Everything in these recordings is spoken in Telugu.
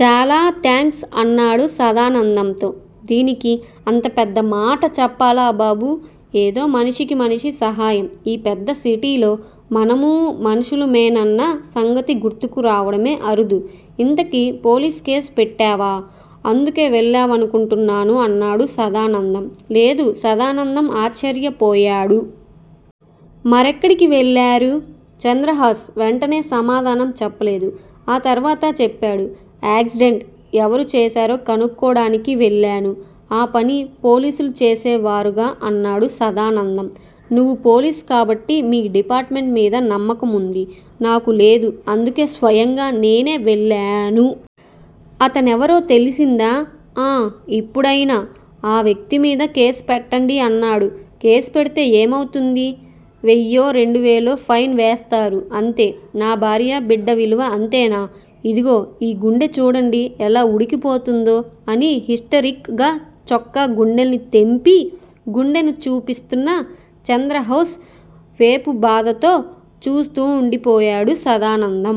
చాలా థాంక్స్ అన్నాడు సదానందంతో. దీనికి అంత పెద్ద మాట చెప్పాలా బాబూ! ఏదో మనిషికి మనిషి సహాయం. ఈ పెద్ద సిటీలో మనమూ మనుషుల మేనన్న సంగతి గుర్తుకు రావడమే అరుదు. ఇంతకీ పోలీస్ కేసు పెట్టావా? అందుకే వెళ్ళావనుకుంటున్నాను అన్నాడు సదానందం. లేదు సదానందం ఆశ్చర్యపోయాడు. మరెక్కడికి వెళ్ళారు? చంద్రహాస్ వెంటనే సమాధానం చెప్పలేదు. ఆ తరువాత చెప్పాడు. యాక్సిడెంట్ ఎవరు చేశారో కనుక్కోడానికి వెళ్ళాను. ఆ పని పోలీసులు చేసేవారుగా అన్నాడు సదానందం. నువ్వు పోలీసు కాబట్టి మీ డిపార్ట్ మెంట్ మీద నమ్మకముంది. నాకు లేదు అందుకే స్వయంగా నేనే వెళ్ళాను. అతనెవరో తెలిసిందా? ఆ ఇప్పుడయినా ఆ వ్యక్తిమీద కేసు పెట్టండి అన్నాడు. కేసు పెడితే ఏమౌతుంది? వెయ్యో రెండువేలో ఫైన్ వేస్తారు అంతే నా భార్యా బిడ్డ విలువ అంతేనా. ఇదిగో ఈ గుండె చూడండి ఎలా ఉడికిపోతుందో అని హిస్టరిక్ గా చొక్కా గుండీల్ని తెంపి గుండెను చూపిస్తున్న చంద్రహాస్ వేపు బాధతో చూస్తుండిపోయాడు సదానందం.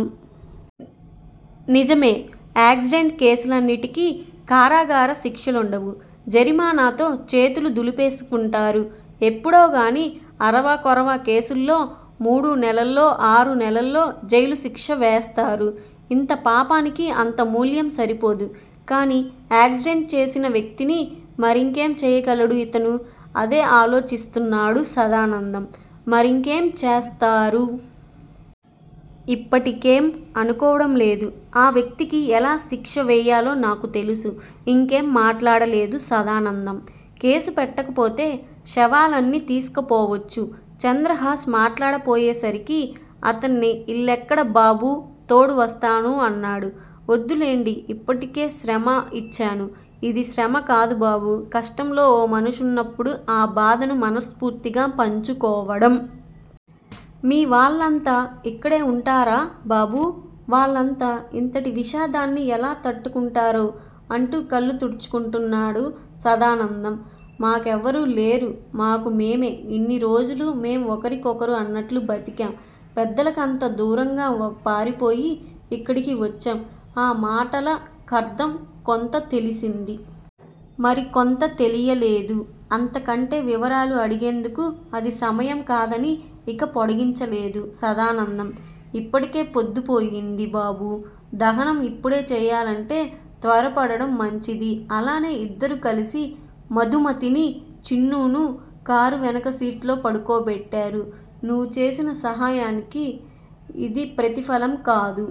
నిజమే- యాక్సిడెంట్ కేసులన్నిటికీ కారాగార శిక్షలుండవు. జరిమానాతో చేతులు దులిపేసుకుంటారు. ఎప్పుడోగానీ- అరవా కొరవా కేసుల్లో మూడు నెలల్లో, ఆరునెలల్లో జైలుశిక్ష వేస్తారు. ఇంత పాపానికి అంత మూల్యం సరిపోదు. కానీ యాక్సిడెంట్ చేసిన వ్యక్తిని మరింకేం చేయగలడు ఇతను. అదే ఆలోచిస్తున్నాడు సదానందం. మరింకేం చేస్తారు? ఇప్పటికేం అనుకోవడం లేదు. ఆ వ్యక్తికి ఎలా శిక్ష వేయాలో నాకు తెలుసు. ఇంకేం మాట్లాడలేదు సదానందం. కేసు పెట్టకపోతే శవాలన్ని తీసుకుపోవచ్చు. చంద్రహాస్ మాట్లాడపోయేసరికి అతన్ని ఇల్లెక్కడ బాబూ తోడు వస్తాను అన్నాడు. వద్దులెండి ఇప్పటికే శ్రమ ఇచ్చాను. ఇది శ్రమ కాదు బాబూ కష్టంలో ఓ మనుషున్నప్పుడు ఆ బాధను మనస్ఫూర్తిగా పంచుకోవడం. మీ వాళ్ళంతా ఇక్కడే వుంటారా బాబూ వాళ్ళంతా ఇంతటి విషాదాన్ని ఎలా తట్టుకుంటారో అంటూ కళ్ళు తుడుచుకుంటున్నప్పుడు సదానందం. మా కెవరూ లేరు. మాకు మేమే. ఇన్ని రోజులూ మేం ఒకరికొకరు అన్నట్లు బతికాం పెద్దలకంతా దూరంగా పారిపోయి ఇక్కడికి వచ్చాం. ఆ మాటల కర్థం కొంత తెలిసింది. మరికొంత తెలియలేదు అంతకంటే వివరాలు అడిగేందుకు అది సమయం కాదని ఇక పొడిగించలేదు సదానందం. ఇప్పటికే పొద్దుపోయింది బాబూ. దహనం ఇప్పుడే చేయాలంటే త్వరపడడం మంచిది అలానే ఇద్దరూ కలిసి మధుమతిని చిన్నూను కారు వెనక సీట్లో పడుకోబెట్టారు. నువ్వు చేసిన సహాయానికి ఇది ప్రతిఫలం కాదు.